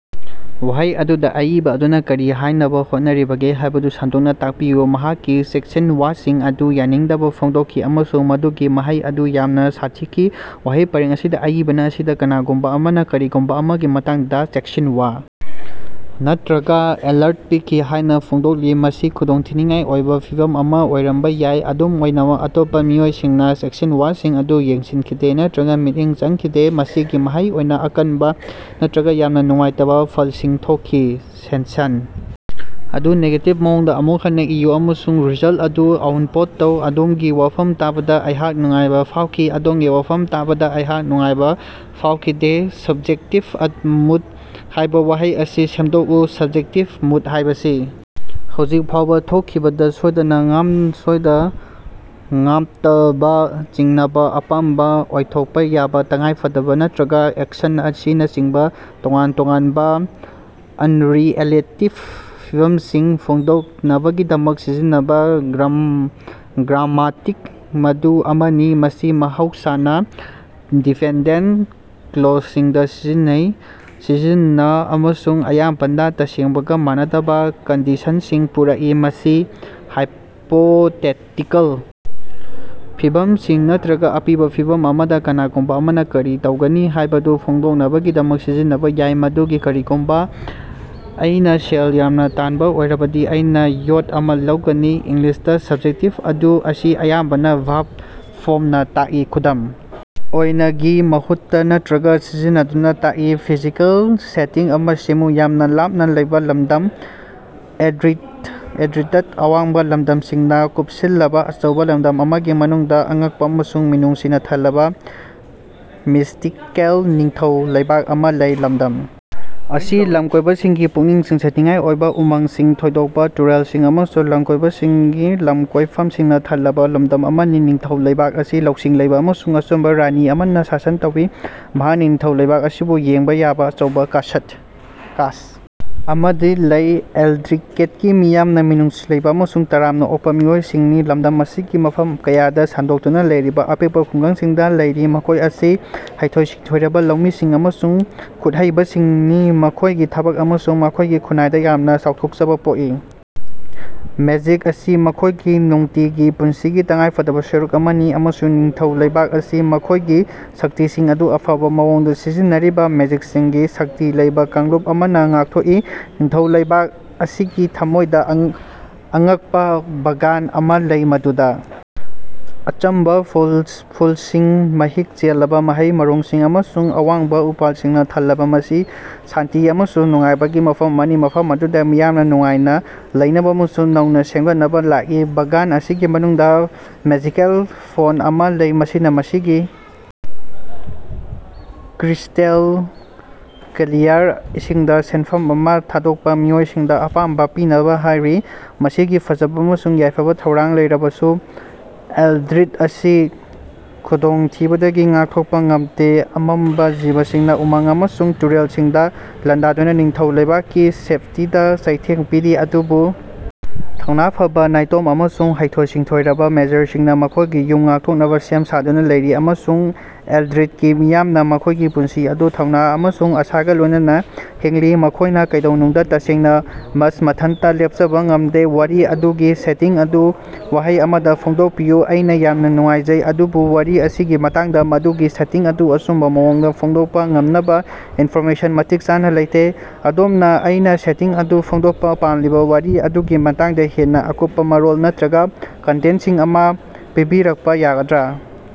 ꯋꯥꯍꯩ ꯑꯗꯨꯗ ꯑꯏꯕ ꯑꯗꯨꯅ ꯀꯔꯤ ꯍꯥꯏꯅꯕ ꯍꯣꯠꯅꯔꯤꯕꯒꯦ ꯍꯥꯏꯕꯗꯨ ꯁꯟꯗꯣꯛꯅ ꯇꯥꯛꯄꯤꯌꯨ ꯫ ꯃꯍꯥꯛꯀꯤ ꯆꯦꯛꯁꯤꯟꯋꯥꯁꯤꯡ ꯑꯗꯨ ꯌꯥꯅꯤꯡꯗꯕ ꯐꯣꯡꯗꯣꯛꯈꯤ ꯑꯃꯁꯨꯡ ꯃꯗꯨꯒꯤ ꯃꯍꯩ ꯑꯗꯨ ꯌꯥꯝꯅ ꯁꯥꯊꯤꯈꯤ꯫ ꯋꯥꯍꯩ ꯄꯔꯦꯡ ꯑꯁꯤꯗ ꯑꯏꯕ ꯑꯁꯤꯅ ꯀꯅꯥꯒꯨꯝꯕ ꯑꯃꯅ ꯀꯔꯤꯒꯨꯝꯕ ꯑꯃꯒꯤ ꯃꯇꯥꯡꯗ ꯆꯦꯛꯁꯤꯟꯋꯥ ꯅꯠꯇ꯭ꯔꯒ ꯑꯦꯂꯔꯠ ꯄꯤꯈꯤ ꯍꯥꯏꯅ ꯐꯣꯡꯗꯣꯛꯂꯤ, ꯃꯁꯤ ꯈꯨꯗꯣꯡꯊꯤꯅꯤꯡꯉꯥꯏ ꯑꯣꯏꯕ ꯐꯤꯚꯝ ꯑꯃ ꯑꯣꯏꯔꯝꯕ ꯌꯥꯏ꯫ ꯑꯗꯨꯝ ꯑꯣꯏꯅꯃꯛ, ꯑꯇꯣꯞꯄ ꯃꯤꯑꯣꯏꯁꯤꯡꯅ ꯆꯦꯛꯁꯤꯟꯋꯥꯁꯤꯡ ꯑꯗꯨ ꯌꯦꯡꯁꯤꯟꯈꯤꯗꯦ ꯅꯠꯇ꯭ꯔꯒ ꯃꯤꯠꯌꯦꯡ ꯆꯪꯈꯤꯗꯦ꯫ ꯃꯁꯤꯒꯤ ꯃꯍꯩ ꯑꯣꯏꯅ ꯑꯀꯟꯕ ꯅꯠꯇ꯭ꯔꯒ ꯌꯥꯝꯅ ꯅꯨꯡꯉꯥꯏꯇꯕ ꯐꯜꯁꯤꯡ ꯊꯣꯛꯈꯤ ꯫ ꯁꯦꯟꯁꯟ ꯑꯗꯨ ꯅꯦꯒꯦꯇꯤꯚ ꯃꯑꯣꯡꯗ ꯑꯃꯨꯛ ꯍꯟꯅ ꯏꯌꯨ ꯑꯃꯁꯨꯡ ꯔꯤꯖꯜꯇ ꯑꯗꯨ ꯑꯥꯎꯠꯄꯨꯠ ꯇꯧ꯫ ꯑꯗꯣꯝꯒꯤ ꯋꯥꯐꯝ ꯇꯥꯕꯗ ꯑꯩꯍꯥꯛ ꯅꯨꯡꯉꯥꯏꯕ ꯐꯥꯎꯈꯤ ꯫ ꯑꯗꯣꯝꯒꯤ ꯋꯥꯐꯝ ꯇꯥꯕꯗ ꯑꯩꯍꯥꯛ ꯅꯨꯡꯉꯥꯏꯕ ꯐꯥꯑꯣꯈꯤꯗꯦ꯫ "ꯁꯕꯖꯦꯛꯇꯤꯚ ꯃꯨꯗ" ꯍꯥꯏꯕ ꯋꯥꯍꯩ ꯑꯁꯤ ꯁꯦꯝꯗꯣꯛꯎ꯫ ꯁꯕꯖꯦꯛꯇꯤꯚ ꯃꯨꯗ ꯍꯥꯢꯕꯁꯤ ꯍꯧꯖꯤꯛ ꯐꯥꯎꯕ ꯊꯣꯛꯈꯤꯗꯕ, ꯁꯣꯏꯗ-ꯉꯥꯞꯗꯕ, ꯆꯤꯡꯅꯕ, ꯑꯄꯥꯝꯕ, ꯑꯣꯏꯊꯣꯛꯄ ꯌꯥꯕ, ꯇꯉꯥꯏꯐꯗꯕ ꯅꯠꯇ꯭ꯔꯒ ꯑꯦꯛꯁꯟ ꯑꯁꯤꯅꯆꯤꯡꯕ ꯇꯣꯉꯥꯟ-ꯇꯣꯉꯥꯟꯕ ꯑꯟꯔꯤꯑꯦꯂꯤꯇꯤꯒꯤ ꯐꯤꯚꯝꯁꯤꯡ ꯐꯣꯡꯗꯣꯛꯅꯕꯒꯤꯗꯃꯛꯇ ꯁꯤꯖꯤꯟꯅꯕ ꯒ꯭ꯔꯥꯝꯃꯥꯇꯤꯛ ꯃꯨꯗ ꯑꯃꯅꯤ꯫ ꯃꯁꯤ ꯃꯍꯧꯁꯥꯅ ꯗꯤꯄꯦꯟꯗꯦꯟꯇ ꯀ꯭ꯂꯣꯖꯁꯤꯡꯗ ꯁꯤꯖꯤꯟꯅ ꯑꯃꯁꯨꯡ ꯑꯌꯥꯝꯕꯅ ꯇꯁꯦꯡꯕꯒ, ꯃꯥꯟꯅꯗꯕ ꯀꯟꯗꯤꯁꯟꯁꯤꯡ ꯄꯨꯔꯛꯏ꯫ ꯃꯁꯤ ꯍꯥꯏꯄꯣꯇꯦꯇꯤꯀꯜ ꯐꯤꯚꯝꯁꯤꯡ ꯅꯠꯇ꯭ꯔꯒ ꯑꯄꯤꯕ ꯐꯤꯚꯝ ꯑꯃꯗ ꯀꯅꯥꯒꯨꯝꯕ ꯑꯃꯅ ꯀꯔꯤ ꯇꯧꯒꯅꯤ ꯍꯥꯏꯕꯗꯨ ꯐꯣꯡꯗꯣꯛꯅꯕꯒꯤꯗꯃꯛ ꯁꯤꯖꯤꯟꯅꯕ ꯌꯥꯏ, ꯃꯗꯨꯗꯤ "ꯀꯔꯤꯒꯨꯝꯕ ꯑꯩꯅ ꯁꯦꯜ ꯌꯥꯝꯅ ꯇꯥꯟꯕ ꯑꯣꯏꯔꯕꯗꯤ ꯑꯩꯅ ꯌꯣꯠ ꯑꯃ ꯂꯧꯒꯅꯤ꯫" ꯏꯪꯂꯤꯁꯇ, ꯁꯕꯖꯦꯛꯇꯤꯚ ꯃꯨꯗ ꯑꯁꯤ ꯑꯌꯥꯝꯕꯅ ꯚꯔꯕ ꯐꯣꯔꯝꯅ ꯇꯥꯛꯏ, ꯈꯨꯗꯝ ꯑꯣꯏꯅ, ꯒꯤ ꯃꯍꯨꯠꯇ ꯅꯠꯇ꯭ꯔꯒ ꯁꯤꯖꯤꯟꯅꯗꯨꯅ ꯇꯥꯛꯏ ꯫ ꯐꯤꯖꯤꯀꯦꯜ ꯁꯦꯇꯤꯡ ꯑꯃ ꯁꯦꯝꯃꯨ꯫ ꯌꯥꯝꯅ ꯂꯥꯞꯅ ꯂꯩꯕ ꯂꯝꯗꯝ ꯑꯦꯜꯗ꯭ꯔꯤꯗꯇ ꯑꯋꯥꯡꯕ ꯂꯝꯗꯝꯁꯤꯡꯅ ꯀꯨꯞꯁꯤꯜꯂꯕ ꯑꯆꯧꯕ ꯂꯝꯗꯝ ꯑꯃꯒꯤ ꯃꯅꯨꯡꯗ ꯑꯉꯛꯄ ꯑꯃꯁꯨꯡ ꯃꯤꯅꯨꯡꯁꯤꯅ ꯊꯜꯂꯕ ꯃꯤꯁꯇꯤꯀꯦꯜ ꯅꯤꯡꯊꯧ ꯂꯩꯕꯥꯛ ꯑꯃ ꯂꯩ꯫ ꯂꯝꯗꯝ ꯑꯁꯤ ꯂꯝꯀꯣꯏꯕꯁꯤꯡꯒꯤ ꯄꯨꯛꯅꯤꯡ ꯆꯤꯡꯁꯤꯟꯅꯤꯡꯉꯥꯏ ꯑꯣꯏꯕ ꯎꯃꯪꯁꯤꯡ, ꯊꯣꯏꯗꯣꯛꯄ ꯇꯨꯔꯦꯂꯜꯁꯤꯡ ꯑꯃꯁꯨꯡ ꯂꯝꯀꯣꯏꯕꯁꯤꯡꯒꯤ ꯂꯝꯀꯣꯏꯐꯝꯁꯤꯡꯅ ꯊꯜꯂꯕ ꯂꯝꯗꯝ ꯑꯃꯅꯤ꯫ ꯅꯤꯡꯊꯧ ꯂꯩꯕꯥꯛ ꯑꯁꯤ ꯂꯧꯁꯤꯡ ꯂꯩꯕ ꯑꯃꯁꯨꯡ ꯑꯆꯨꯝꯕ ꯔꯥꯅꯤ ꯑꯃꯅ ꯁꯥꯁꯟ ꯇꯧꯏ, ꯃꯍꯥꯛꯅ ꯅꯤꯡꯊꯧ ꯂꯩꯕꯥꯛ ꯑꯁꯤꯕꯨ ꯌꯦꯡꯕ ꯌꯥꯕ ꯑꯆꯧꯕ ꯀꯥꯁ꯭ꯠ ꯑꯃꯗ ꯂꯩ꯫ ꯑꯦꯜꯗ꯭ꯔꯤꯗꯀꯤ ꯃꯤꯌꯥꯝꯅ ꯃꯤꯅꯨꯡꯁꯤ ꯂꯩꯕ ꯑꯃꯁꯨꯡ ꯇꯔꯥꯝꯅ ꯑꯣꯛꯄ ꯃꯤꯑꯣꯏꯁꯤꯡꯅꯤ, ꯂꯝꯗꯝ ꯑꯁꯤꯒꯤ ꯃꯐꯝ ꯀꯌꯥꯗ ꯁꯟꯗꯣꯛꯇꯨꯅ ꯂꯩꯔꯤꯕ ꯑꯄꯤꯛꯄ ꯈꯨꯡꯒꯪꯁꯤꯡꯗ ꯂꯩꯔꯤ꯫ ꯃꯈꯣꯏ ꯑꯁꯤ ꯍꯩꯊꯣꯏ-ꯁꯤꯡꯊꯣꯏꯔꯕ ꯂꯧꯃꯤꯁꯤꯡ ꯑꯃꯁꯨꯡ ꯈꯨꯠꯍꯩꯕꯁꯤꯡꯅꯤ, ꯃꯈꯣꯢꯒꯤ ꯊꯕꯛ ꯑꯃꯁꯨꯡ ꯃꯈꯣꯏꯒꯤ ꯈꯨꯟꯅꯥꯏꯗ ꯌꯥꯝꯅ ꯆꯥꯎꯊꯣꯛꯆꯕ ꯄꯣꯛꯏ꯫ ꯃꯦꯖꯤꯛ ꯑꯁꯤ ꯃꯈꯣꯏꯒꯤ ꯅꯨꯡꯇꯤꯒꯤ ꯄꯨꯟꯁꯤꯒꯤ ꯇꯉꯥꯏꯐꯗꯕ ꯁꯔꯨꯛ ꯑꯃꯅꯤ, ꯑꯃꯁꯨꯡ ꯅꯤꯡꯊꯧ ꯂꯩꯕꯥꯛ ꯑꯁꯤ ꯃꯈꯣꯏꯒꯤ ꯁꯛꯇꯤꯁꯤꯡ ꯑꯗꯨ ꯑꯐꯕ ꯃꯑꯣꯡꯗ ꯁꯤꯖꯤꯟꯅꯔꯤꯕ ꯃꯦꯖꯤꯛꯁꯤꯡꯒꯤ ꯁꯛꯇꯤ ꯂꯩꯕ ꯀꯥꯡꯂꯨꯞ ꯑꯃꯅ ꯉꯥꯛꯊꯣꯛꯏ꯫ ꯅꯤꯡꯊꯧ ꯂꯩꯕꯥꯛ ꯑꯁꯤꯒꯤ ꯊꯃꯣꯏꯗ ꯑꯉꯛꯄ ꯕꯥꯒꯥꯟ ꯑꯃ ꯂꯩ, ꯃꯗꯨꯗ ꯑꯆꯝꯕ ꯐꯨꯜꯁꯤꯡ, ꯃꯍꯤꯛ ꯆꯦꯜꯂꯕ ꯃꯍꯩ-ꯃꯔꯣꯡꯁꯤꯡ ꯑꯃꯁꯨꯡ ꯑꯋꯥꯡꯕ ꯎꯄꯥꯜꯁꯤꯡꯅ ꯊꯜꯂꯕ, ꯃꯁꯤ ꯁꯥꯟꯇꯤ ꯑꯃꯁꯨꯡ ꯅꯨꯡꯉꯥꯏꯕꯒꯤ ꯃꯐꯝ ꯑꯃꯅꯤ꯫ ꯃꯐꯝ ꯑꯗꯨꯗ ꯃꯤꯌꯥꯝꯅ ꯅꯨꯡꯉꯥꯏꯅ ꯂꯩꯅꯕ ꯑꯃꯁꯨꯡ ꯅꯧꯅ ꯁꯦꯝꯒꯠꯅꯕ ꯂꯥꯛꯏ꯫ ꯕꯥꯒꯥꯟ ꯑꯁꯤꯒꯤ ꯃꯅꯨꯡꯗ ꯃꯦꯖꯤꯀꯦꯜ ꯐꯣꯟꯇ ꯑꯃ ꯂꯩ, ꯃꯁꯤꯅ ꯃꯁꯤꯒꯤ ꯀ꯭ꯔꯤꯁ꯭ꯇꯦꯜ ꯀ꯭ꯂꯤꯌꯥꯔ ꯏꯁꯤꯡꯗ ꯁꯦꯟꯐꯝ ꯑꯃ ꯊꯥꯗꯣꯛꯄ ꯃꯤꯑꯣꯏꯁꯤꯡꯗ ꯑꯄꯥꯝꯕ ꯄꯤꯅꯕ ꯍꯥꯏꯔꯤ꯫ ꯃꯁꯤꯒꯤ ꯐꯖꯕ ꯑꯃꯁꯨꯡ ꯌꯥꯏꯐ-ꯊꯧꯔꯥꯡ ꯂꯩꯔꯕꯁꯨ ꯑꯦꯜꯗ꯭ꯔꯤꯗ ꯑꯁꯤ ꯈꯨꯗꯣꯡꯊꯤꯕꯗꯒꯤ ꯉꯥꯛꯊꯣꯛꯄ ꯉꯝꯗꯦ ꯫ ꯑꯃꯝꯕ ꯖꯤꯕꯁꯤꯡꯅ ꯎꯃꯪ ꯑꯃꯁꯨꯡ ꯇꯨꯔꯦꯜꯁꯤꯡꯗ ꯂꯥꯟꯗꯥꯗꯨꯅ ꯅꯤꯡꯊꯧ ꯂꯩꯕꯥꯛꯀꯤ ꯁꯦꯐꯇꯤꯗ ꯆꯩꯊꯦꯡ ꯄꯤꯔꯤ꯫ ꯑꯗꯨꯕꯨ ꯊꯧꯅ ꯐꯕ ꯅꯥꯏꯇꯣꯝ ꯑꯃꯁꯨꯡ ꯍꯩꯊꯣꯏ-ꯁꯤꯡꯊꯣꯏꯔꯕ ꯃꯦꯖꯔꯁꯤꯡꯅ ꯃꯈꯣꯏꯒꯤ ꯌꯨꯝ ꯉꯥꯛꯊꯣꯛꯅꯕ ꯁꯦꯝ ꯁꯥꯗꯨꯅ ꯂꯩꯔꯤ, ꯑꯃꯁꯨꯡ ꯑꯦꯜꯗ꯭ꯔꯤꯗꯀꯤ ꯃꯤꯌꯥꯝꯅ ꯃꯈꯣꯏꯒꯤ ꯄꯨꯟꯁꯤ ꯑꯗꯨ ꯊꯧꯅ ꯑꯃꯁꯨꯡ ꯑꯥꯁꯥꯒ ꯂꯣꯏꯅꯅ ꯍꯤꯡꯂꯤ, ꯃꯈꯣꯢꯅ ꯀꯩꯗꯧꯅꯨꯡꯗ ꯇꯁꯦꯡꯅ ꯃꯁ ꯃꯊꯟꯇ ꯂꯦꯞꯆꯕ ꯉꯝꯗꯦ ꯫ ꯋꯥꯔꯤ ꯑꯗꯨꯒꯤ ꯁꯦꯇꯤꯡ ꯑꯗꯨ ꯋꯥꯍꯩ ꯑꯃꯗ ꯐꯣꯡꯗꯣꯛꯄꯤꯌꯨ꯫ ꯑꯩꯅ ꯌꯥꯝꯅ ꯅꯨꯡꯉꯥꯏꯖꯩ, ꯑꯗꯨꯕꯨ ꯋꯥꯔꯤ ꯑꯁꯤꯒꯤ ꯃꯇꯥꯡꯗ ꯃꯗꯨꯒꯤ ꯁꯦꯇꯤꯡ ꯑꯗꯨ ꯑꯆꯨꯝꯕ ꯃꯑꯣꯡꯗ ꯐꯣꯡꯗꯣꯛꯄ ꯉꯝꯅꯕ ꯏꯟꯐꯣꯔꯃꯦꯁꯟ ꯃꯇꯤꯛ ꯆꯥꯅ ꯂꯩꯇꯦ꯫ ꯑꯗꯣꯝꯅ ꯑꯩꯅ ꯁꯦꯇꯤꯡ ꯑꯗꯨ ꯐꯣꯡꯗꯣꯛꯄ ꯄꯥꯝꯂꯤꯕ ꯋꯥꯔꯤ ꯑꯗꯨꯒꯤ ꯃꯇꯥꯡꯗ ꯍꯦꯟꯅ ꯑꯀꯨꯞꯄ ꯃꯔꯣꯜ ꯅꯠꯇ꯭ꯔꯒ ꯀꯟꯇꯦꯛꯁ ꯑꯃ ꯄꯤꯕꯤꯔꯜꯄ ꯌꯥꯒꯗ꯭ꯔ?